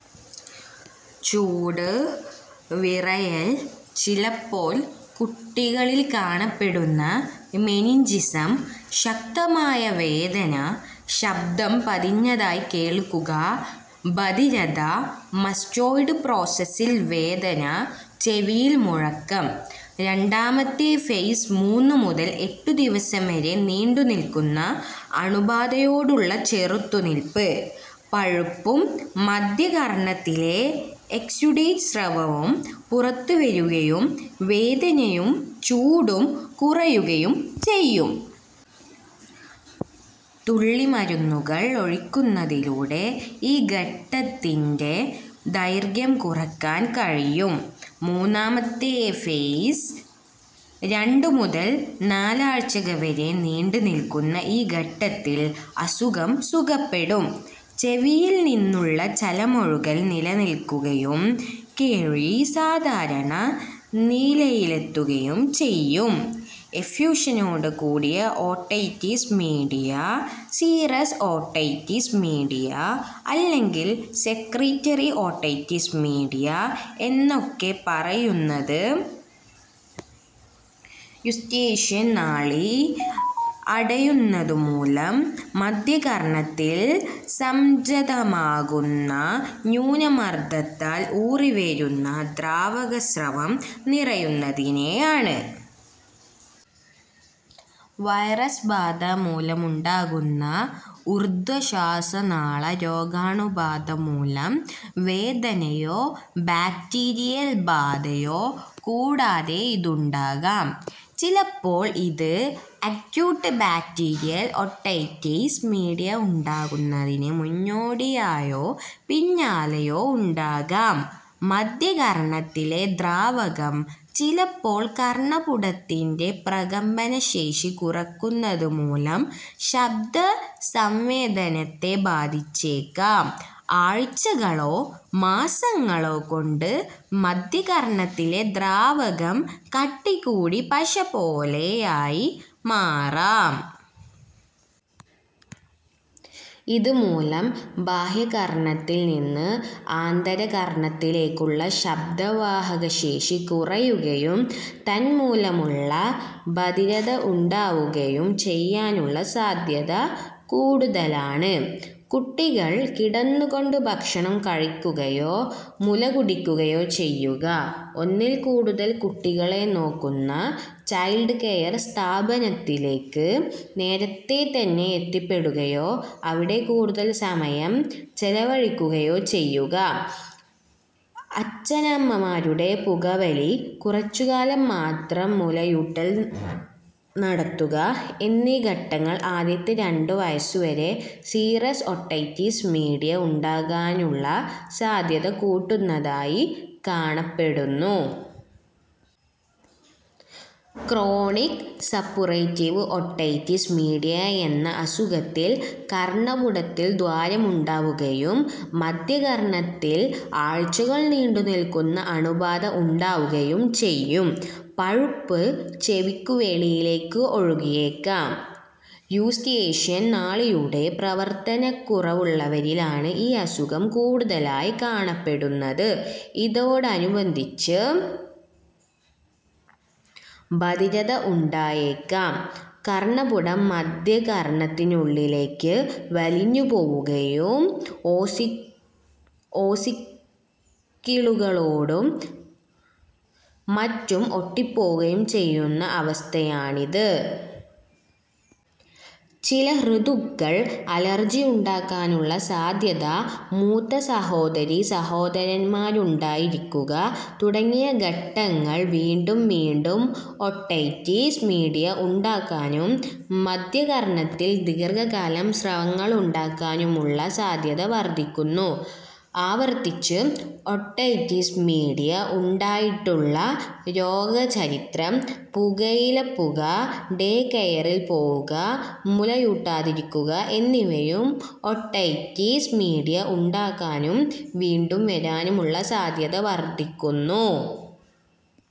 ചൂട്, വിറയൽ, ചിലപ്പോല് കുട്ടികളിൽ കാണപ്പെടുന്ന മെനിഞ്ചിസം, ശക്തമായ വേദന, ശബ്ബ്ദം പതിഞ്ഞതായി കേൾക്കുക, ബധിരത, മാസ്റ്റോയ്ഡ് പ്രോസസ്സിൽ വേദന, ചെവിയിൽ മുഴക്കം. രണ്ടാമത്തെ ഫേസ് -മൂന്നു മുതൽ എട്ടു ദിവസം വരെ നീണ്ടുനിൽക്കുന്ന അണുബാധയോടുള്ള ചെറുത്തു നിൽപ്പ്. പഴുപ്പും മദ്ധ്യകർണ്ണത്തിലെ എക്സ്യുഡേറ്റ് സ്രവവും പുറത്തുവരുകയും വേദനയും ചൂടും കുറയുകയും ചെയ്യും. തുള്ളിമരുന്നുകൾ ഒഴിക്കുന്നതിലൂടെ ഈ ഘട്ടത്തിന്റെ ദൈർഘ്യം കുറയ്ക്കാൻ കഴിയും. മൂന്നാമത്തെ ഫേസ് രണ്ടു മുതൽ നാലാഴ്ച്കവരെ നീണ്ടുനിൽക്കുന്ന ഈ ഘട്ടത്തിൽ അസുഖം സുഖപ്പെടും. ചെവിയിൽ നിന്നുള്ള ചലമൊഴുകൽ നിലയ്ക്കുകയും കേഴ്വി സാധാരണ നിലയിലെത്തുകയും ചെയ്യും. എഫ്യൂഷനോട് കൂടിയ otitis media, serous otitis media, അല്ലെങ്കിൽ സെക്രീറ്ററി ഓട്ടൈറ്റിസ് മീഡിയ, എന്നൊക്കെപ്പറയുന്നത് യൂസ്റ്റേഷ്യൻ നാളി അടയുന്നതു മൂലം മദ്ധ്യകർണ്ണത്തിൽ സംജാതമാകുന്ന ന്യൂനമർദ്ദത്താൽ ഊറിവരുന്ന ദ്രാവകസ്രവം നിറയുന്നതിനെയാണ്. വൈറസ് ബാധ മൂലമുണ്ടാകുന്ന ഊർദ്ധ്വ ശ്വാസനാള രോഗാണുബാധ മൂലം വേദനയോ ബാക്ടീരിയൽ ബാധയോ കൂടാതെ ഇതുണ്ടാകാം. ചിലപ്പോൾ ഇത് അക്യൂട്ട് ബാക്ടീരിയൽ ഓട്ടൈറ്റിസ് മീഡിയ ഉണ്ടാകുന്നതിന് മുന്നോടിയായോ പിന്നാലെയോ ഉണ്ടാകാം. മദ്ധ്യകർണ്ണത്തിലെ ദ്രാവകം ചിലപ്പോൾ കർണ്ണപുടത്തിന്റെ പ്രകമ്പനശേഷി കുറയ്ക്കുന്നതുമൂലം ശബ്ബ്ദ സംവേദനത്തെ ബാധിച്ചേയ്ക്കാം. ആഴ്ച്ചകളോ മാസങ്ങളോ കൊണ്ട് മദ്ധ്യ കർണ്ണത്തിലെ ദ്രാവകം കട്ടി കൂടി പശ പോലെയായി മാറാം. ഇതു മൂലം ബാഹ്യകർണ്ണത്തിൽ നിന്ന് ആന്തര കർണ്ണത്തിലേക്കുള്ള ശബ്ബ്ദ വാഹകശേഷി കുറയുകയും തന്മൂലമുള്ള ബധിരത ഉണ്ടാവുകയും ചെയ്യാനുള്ള സാദ്ധ്യത കൂടുതലാണ്. കുട്ടികൾ കിടന്നുകൊണ്ട് ഭക്ഷണം കഴിക്കുകയോ മുലകുടിക്കുകയോ ചെയ്യുക, ഒന്നിൽ കൂടുതൽ കുട്ടികളെ നോക്കുന്ന ചൈൽഡ് കെയർ സ്ഥാപനത്തിലേക്ക് നേരത്തെ തന്നെ എത്തിപ്പെടുകയോ അവിടെ കൂടുതൽ സമയം ചെലവഴിക്കുകയോ ചെയ്യുക, അച്ഛനമ്മമാരുടെ പുകവലി, കുറച്ചുകാലം മാത്രം മുലയൂട്ടൽ നടത്തുക എന്നീ ഘടകങ്ങൾ ആദ്യത്തെ രണ്ടു വയസ്സുവരെ സീറസ് ഓട്ടൈറ്റിസ് മീഡിയ ഉണ്ടാകാനുള്ള സാദ്ധ്യത കൂട്ടുന്നതായി കാണപ്പെടുന്നു. ക്രോണിക് സപ്പുറേറ്റീവ് ഓട്ടൈറ്റിസ് മീഡിയ എന്ന അസുഖത്തിൽ കർണ്ണപുടത്തിൽ ദ്വാരമുണ്ടാവുകയും മദ്ധ്യകർണ്ണത്തിൽ ആഴ്ച്ചകൾ നീണ്ടുനിൽക്കുന്ന അണുബാധ ഉണ്ടാവുകയും ചെയ്യും. പഴുപ്പ് ചെവിക്കു വെളിയിലേയ്ക്ക് ഒഴുകിയേക്കാം. യൂസ്റ്റേഷ്യൻ നാളിയുടെ പ്രവർത്തനക്കുറവുള്ളവരിലാണ് ഈ അസുഖം കൂടുതലായി കാണപ്പെടുന്നത്. ഇതോടനുബന്ധിച്ച് ബധിരത ഉണ്ടായേക്കാം. കർണ്ണപുടം മദ്ധ്യകർണ്ണത്തിനുള്ളിലേയ്ക്ക് വലിഞ്ഞുപോവുകയും ഓസിക്കിളുകളോടും മറ്റും ഒട്ടിപ്പോവുകയും ചെയ്യുന്ന അവസ്ഥയാണിത്. ചില ഋതുക്കൾ, അലർജിയുണ്ടാകാനുള്ള സാദ്ധ്യത, മൂത്ത സഹോദരീസഹോദരന്മാരുണ്ടായിരിക്കുക, തുടങ്ങിയ ഘടകങ്ങൾ വീണ്ടും വീണ്ടും ഓട്ടൈറ്റിസ് മീഡിയ ഉണ്ടാകാനും മദ്ധ്യകർണ്ണത്തിൽ ദീർഘകാലം സ്രവങ്ങളുണ്ടാക്കാനുമുള്ള സാദ്ധ്യത വർദ്ധിപ്പിക്കുന്നു. ആവർത്തിച്ച് ഓട്ടൈറ്റിസ് മീഡിയ ഉണ്ടായിട്ടുള്ള രോഗചരിത്രം, പുകയിലപ്പുക, ഡേ കെയറിൽ പോവുക, മുലയൂട്ടാതിരിക്കുക എന്നിവയും ഓട്ടൈറ്റിസ് മീഡിയ ഉണ്ടാകാനും വീണ്ടും വരാനുമുള്ള സാദ്ധ്യത വർദ്ധിപ്പിക്കുന്നു.